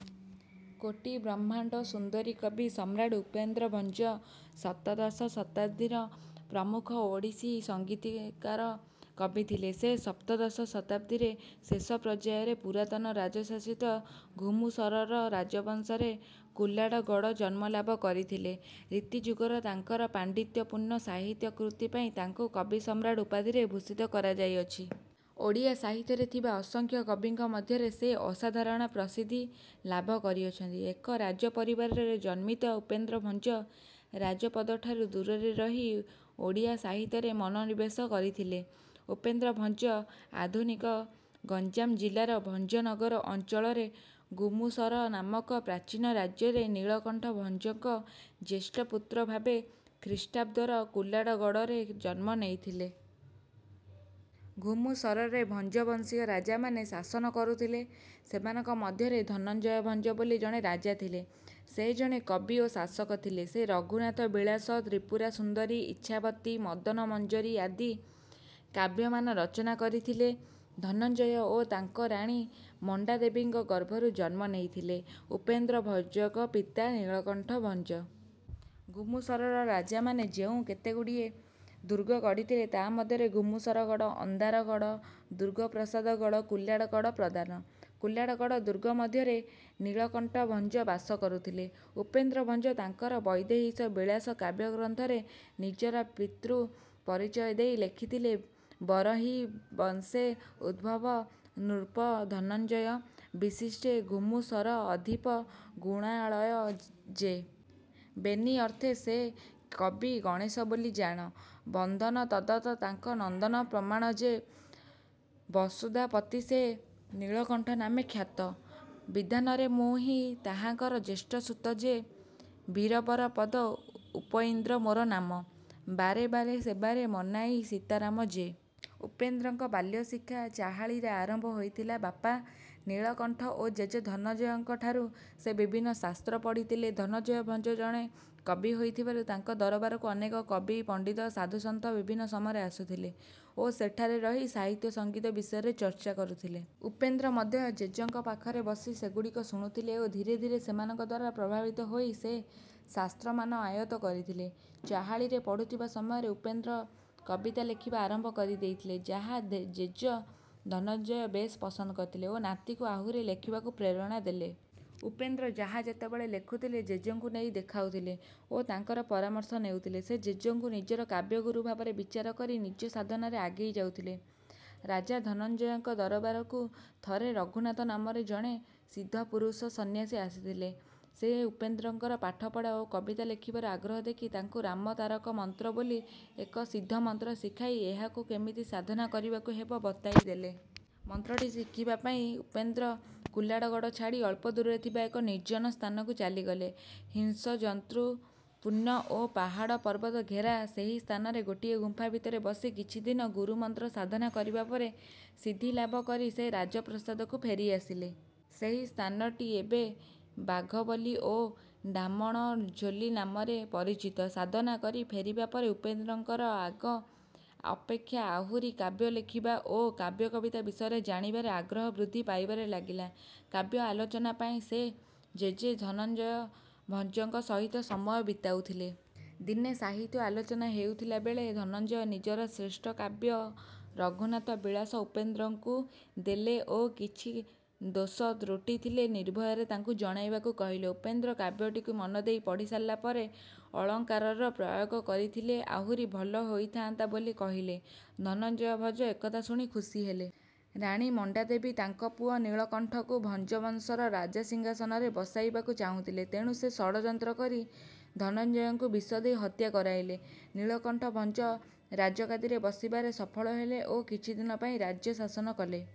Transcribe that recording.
କୋଟି ବ୍ରହ୍ମାଣ୍ଡ ସୁନ୍ଦରୀ କବି ସମ୍ରାଟ ଉପେନ୍ଦ୍ର ଭଞ୍ଜ ସପ୍ତଦଶ ଶତାବ୍ଦୀର ପ୍ରମୁଖ ଓଡ଼ିଶୀ ସଙ୍ଗୀତକାର କବି ଥିଲେ। ସେ ସପ୍ତଦଶ ଶତାବ୍ଦୀର ଶେଷ ପର୍ଯ୍ୟାୟରେ ପୁରାତନ ରାଜଶାସିତ ଘୁମୁସରର ରାଜବଂଶରେ କୁଲାଡ଼ଗଡଜନ୍ମଲାଭ କରିଥିଲେ। ରୀତିଯୁଗର ତାଙ୍କର ପାଣ୍ଡିତ୍ୟପୂର୍ଣ୍ଣ ସାହିତ୍ୟ କୃତି ପାଇଁ ତାଙ୍କୁ କବି ସମ୍ରାଟ ଉପାଧିରେ ଭୂଷିତ କରାଯାଇଅଛି। ଓଡ଼ିଆ ସାହିତ୍ୟରେ ଥିବା ଅସଂଖ୍ୟ କବିଙ୍କ ମଧ୍ୟରେ ସେ ଅସାଧାରଣ ପ୍ରସିଦ୍ଧି ଲାଭ କରିଅଛନ୍ତି। ଏକ ରାଜ ପରିବାରରେ ଜନ୍ମିତ ଉପେନ୍ଦ୍ର ଭଞ୍ଜ ରାଜପଦଠାରୁ ଦୂରରେ ରହି ଓଡ଼ିଆ ସାହିତ୍ୟରେ ମନୋନିବେଶ କରିଥିଲେ। ଉପେନ୍ଦ୍ର ଭଞ୍ଜ ଆଧୁନିକ ଗଞ୍ଜାମ ଜିଲ୍ଲାର ଭଞ୍ଜନଗର ଅଞ୍ଚଳରେ ଗୁମୁସର ନାମକ ପ୍ରାଚୀନ ରାଜ୍ୟରେ ନୀଳକଣ୍ଠ ଭଞ୍ଜଙ୍କ ଜ୍ୟେଷ୍ଠପୁତ୍ର ଭାବେ ଖ୍ରୀଷ୍ଟାବ୍ଦର କୁଲାଡଗଡ଼ରେ ଜନ୍ମନେଇଥିଲେ। ଘୁମୁସରରେ ଭଞ୍ଜବଂଶୀୟ ରାଜାମାନେ ଶାସନ କରୁଥିଲେ। ସେମାନଙ୍କ ମଧ୍ୟରେ ଧନଞ୍ଜୟ ଭଞ୍ଜ ବୋଲି ଜଣେ ରାଜା ଥିଲେ। ସେ ଜଣେ କବି ଓ ଶାସକ ଥିଲେ। ସେ ରଘୁନାଥ ବିଳାସ, ତ୍ରିପୁର ସୁନ୍ଦରୀ, ଇଚ୍ଛାବତୀ, ମଦନମଞ୍ଜରୀ ଆଦି କାବ୍ୟମାନ ରଚନା କରିଥିଲେ। ଧନଞ୍ଜୟ ଓ ତାଙ୍କ ରାଣୀ ମଣ୍ଡାଦେବୀଙ୍କ ଗର୍ଭରୁ ଜନ୍ମ ନେଇଥିଲେ ଉପେନ୍ଦ୍ର ଭଞ୍ଜଙ୍କ ପିତା ନୀଳକଣ୍ଠ ଭଞ୍ଜ। ଘୁମୁସରର ରାଜାମାନେ ଯେଉଁ କେତେଗୁଡିଏ ଦୁର୍ଗ ଗଢ଼ିଥିଲେ ତା' ମଧ୍ୟରେ ଗୁମୁସରଗଡ଼, ଅନ୍ଧାରଗଡ଼, ଦୁର୍ଗାପ୍ରସାଦଗଡ଼, କୁଲାଡଗଡ଼ ପ୍ରଧାନ। କୁଲାଡଗଡ଼ ଦୁର୍ଗମଧ୍ୟରେ ନୀଳକଣ୍ଠ ଭଞ୍ଜ ବାସ କରୁଥିଲେ। ଉପେନ୍ଦ୍ର ଭଞ୍ଜ ତାଙ୍କର ''ବୈଦେହୀଶ ବିଳାସ'' କାବ୍ୟଗ୍ରନ୍ଥରେ ନିଜର ପିତୃପରିଚୟ ଦେଇ ଲେଖିଥିଲେ: ବରହିବଂଶେ ଉଦ୍ଭବ ନୃପ-ଧନଞ୍ଜୟ। ବିଶିଷ୍ଟେ ଘୁମୁସରଅଧିପ ଗୁଣାଳୟ ଯେ।। ବେନି ଅର୍ଥେ ସେ କବି ଗଣେଶ ବୋଲି ଜାଣ। ବନ୍ଦନ ତଦ୍ଧତ ତାଙ୍କ ନନ୍ଦନ ପ୍ରମାଣ ଯେ।। ବସୁଧାପତି ସେ ନୀଳକଣ୍ଠ ନାମେ ଖ୍ୟାତ। ବିଧାନରେ ମୁଁ ହିଁ ତାହାଙ୍କର ଜ୍ୟେଷ୍ଠସୁତ ଯେ।। ବୀରବର ପଦ ଉପଇନ୍ଦ୍ର ମୋର ନାମ। ବାରେ ବାରେ ସେବାରେ ମନାଇଁ ସୀତାରାମ ଯେ।। ଉପେନ୍ଦ୍ରଙ୍କର ବାଲ୍ୟଶିକ୍ଷା ଚାହାଳୀରେ ଆରମ୍ଭ ହୋଇଥିଲା। ବାପା ନୀଳକଣ୍ଠ ଓ ଜେଜେ ଧନଞ୍ଜୟଙ୍କଠାରୁ ସେ ବିଭିନ୍ନ ଶାସ୍ତ୍ର ପଢ଼ିଥିଲେ। ଧନଞ୍ଜୟ ଭଞ୍ଜ ଜଣେ କବି ହୋଇଥିବାରୁ ତାଙ୍କ ଦରବାରକୁ ଅନେକ କବି, ପଣ୍ଡିତ, ସାଧୁସନ୍ଥ ବିଭିନ୍ନ ସମୟରେ ଆସୁଥିଲେ ଓ ସେଠାରେ ରହି ସାହିତ୍ୟ ସଙ୍ଗୀତ ବିଷୟରେ ଚର୍ଚ୍ଚା କରୁଥିଲେ। ଉପେନ୍ଦ୍ର ମଧ୍ୟ ଜେଜେଙ୍କ ପାଖରେ ବସି ସେଗୁଡିକ ଶୁଣୁଥିଲେ ଓ ଧୀରେ ଧୀରେ ସେମାନଙ୍କଦ୍ୱାରା ପ୍ରଭାବିତ ହୋଇ ସେ ଶାସ୍ତ୍ରମାନ ଆୟତ୍ତ କରିଥିଲେ। ଚାହାଳୀରେ ପଢୁଥିବା ସମୟରେ ଉପେନ୍ଦ୍ର କବିତା ଲେଖିବା ଆରମ୍ଭ କରି ଦେଇଥିଲେ ଯାହା ଜେଜେ ଧନଞ୍ଜୟ ବେଶ୍ ପସନ୍ଦ କରିଥିଲେ ଓ ନାତିକୁ ଆହୁରି ଲେଖିବାକୁ ପ୍ରେରଣା ଦେଲେ। ଉପେନ୍ଦ୍ର ଯାହା ଯେତେବେଳେ ଲେଖୁଥିଲେ ଜେଜେଙ୍କୁ ନେଇ ଦେଖାଉଥିଲେ ଓ ତାଙ୍କର ପରାମର୍ଶ ନେଉଥିଲେ। ସେ ଜେଜେଙ୍କୁ ନିଜର କାବ୍ୟଗୁରୁ ଭାବରେ ବିଚାର କରି ନିଜ ସାଧନାରେ ଆଗେଇ ଯାଉଥିଲେ। ରାଜା ଧନଞ୍ଜୟଙ୍କ ଦରବାରକୁ ଥରେ ରଘୁନାଥ ନାମରେ ଜଣେ ସିଦ୍ଧପୁରୁଷ ସନ୍ୟାସୀ ଆସିଥିଲେ। ସେ ଉପେନ୍ଦ୍ରଙ୍କର ପାଠପଢ଼ା ଓ କବିତା ଲେଖିବାର ଆଗ୍ରହ ଦେଖି ତାଙ୍କୁ "ରାମ ତାରକ ମନ୍ତ୍ର" ବୋଲି ଏକ ସିଦ୍ଧ ମନ୍ତ୍ର ଶିଖାଇ ଏହାକୁ କେମିତି ସାଧନା କରିବାକୁ ହେବ ବତାଇଦେଲେ। ମନ୍ତ୍ରଟି ଶିଖିବା ପାଇଁ ଉପେନ୍ଦ୍ର କୁଲାଡ଼ଗଡ଼ ଛାଡ଼ି ଅଳ୍ପ ଦୂରରେ ଥିବା ଏକ ନିର୍ଜନ ସ୍ଥାନକୁ ଚାଲିଗଲେ। ହିଂସ୍ରଜନ୍ତୁପୂର୍ଣ୍ଣ ଓ ପାହାଡ ପର୍ବତଘେରା ସେହି ସ୍ଥାନରେ ଗୋଟିଏ ଗୁମ୍ଫା ଭିତରେ ବସି କିଛିଦିନ ଗୁରୁମନ୍ତ୍ର ସାଧନା କରିବାପରେ ସିଦ୍ଧିଲାଭ କରି ସେ ରାଜପ୍ରସାଦକୁ ଫେରି ଆସିଲେ। ସେହି ସ୍ଥାନଟି ଏବେ "ବାଘବଲି" ଓ "ଡାମଣ ଝୋଲି" ନାମରେ ପରିଚିତ। ସାଧନା କରି ଫେରିବା ପରେ ଉପେନ୍ଦ୍ରଙ୍କର ଆଗ ଅପେକ୍ଷା ଆହୁରି କାବ୍ୟ ଲେଖିବା ଓ କାବ୍ୟକବିତା ବିଷୟରେ ଜାଣିବାରେ ଆଗ୍ରହ ବୃଦ୍ଧି ପାଇବାରେ ଲାଗିଲା। କାବ୍ୟ ଆଲୋଚନା ପାଇଁ ସେ ଜେଜେ ଧନଞ୍ଜୟ ଭଞ୍ଜଙ୍କ ସହିତ ସମୟ ବିତାଉଥିଲେ। ଦିନେ ସାହିତ୍ୟ ଆଲୋଚନା ହେଉଥିଲା ବେଳେ ଧନଞ୍ଜୟ ନିଜର ଶ୍ରେଷ୍ଠ କାବ୍ୟ ରଘୁନାଥ ବିଳାସ ଉପେନ୍ଦ୍ରଙ୍କୁ ଦେଲେ ଓ କିଛି ଦୋଷତ୍ରୁଟି ଥିଲେ ନିର୍ଭୟରେ ତାଙ୍କୁ ଜଣାଇବାକୁ କହିଲେ। ଉପେନ୍ଦ୍ର କାବ୍ୟଟିକୁ ମନଦେଇ ପଢ଼ିସାରିଲାପରେ ଅଳଙ୍କାରର ପ୍ରୟୋଗ କରିଥିଲେ ଆହୁରି ଭଲ ହୋଇଥାନ୍ତା ବୋଲି କହିଲେ, ଧନଞ୍ଜୟ ଭଞ୍ଜ ଏକଥା ଶୁଣି ଖୁସି ହେଲେ। ରାଣୀ ମଣ୍ଡାଦେବୀ ତାଙ୍କ ପୁଅ ନୀଳକଣ୍ଠଙ୍କୁ ଭଞ୍ଜବଂଶର ରାଜସିଂହାସନରେ ବସାଇବାକୁ ଚାହୁଁଥିଲେ, ତେଣୁ ସେ ଷଡଯନ୍ତ୍ର କରି ଧନଞ୍ଜୟଙ୍କୁ ବିଷ ଦେଇ ହତ୍ୟା କରାଇଲେ। ନୀଳକଣ୍ଠ ଭଞ୍ଜ ରାଜଗାଦିରେ ବସିବାରେ ସଫଳ ହେଲେ ଓ କିଛିଦିନ ପାଇଁ ରାଜ୍ୟଶାସନ କଲେ।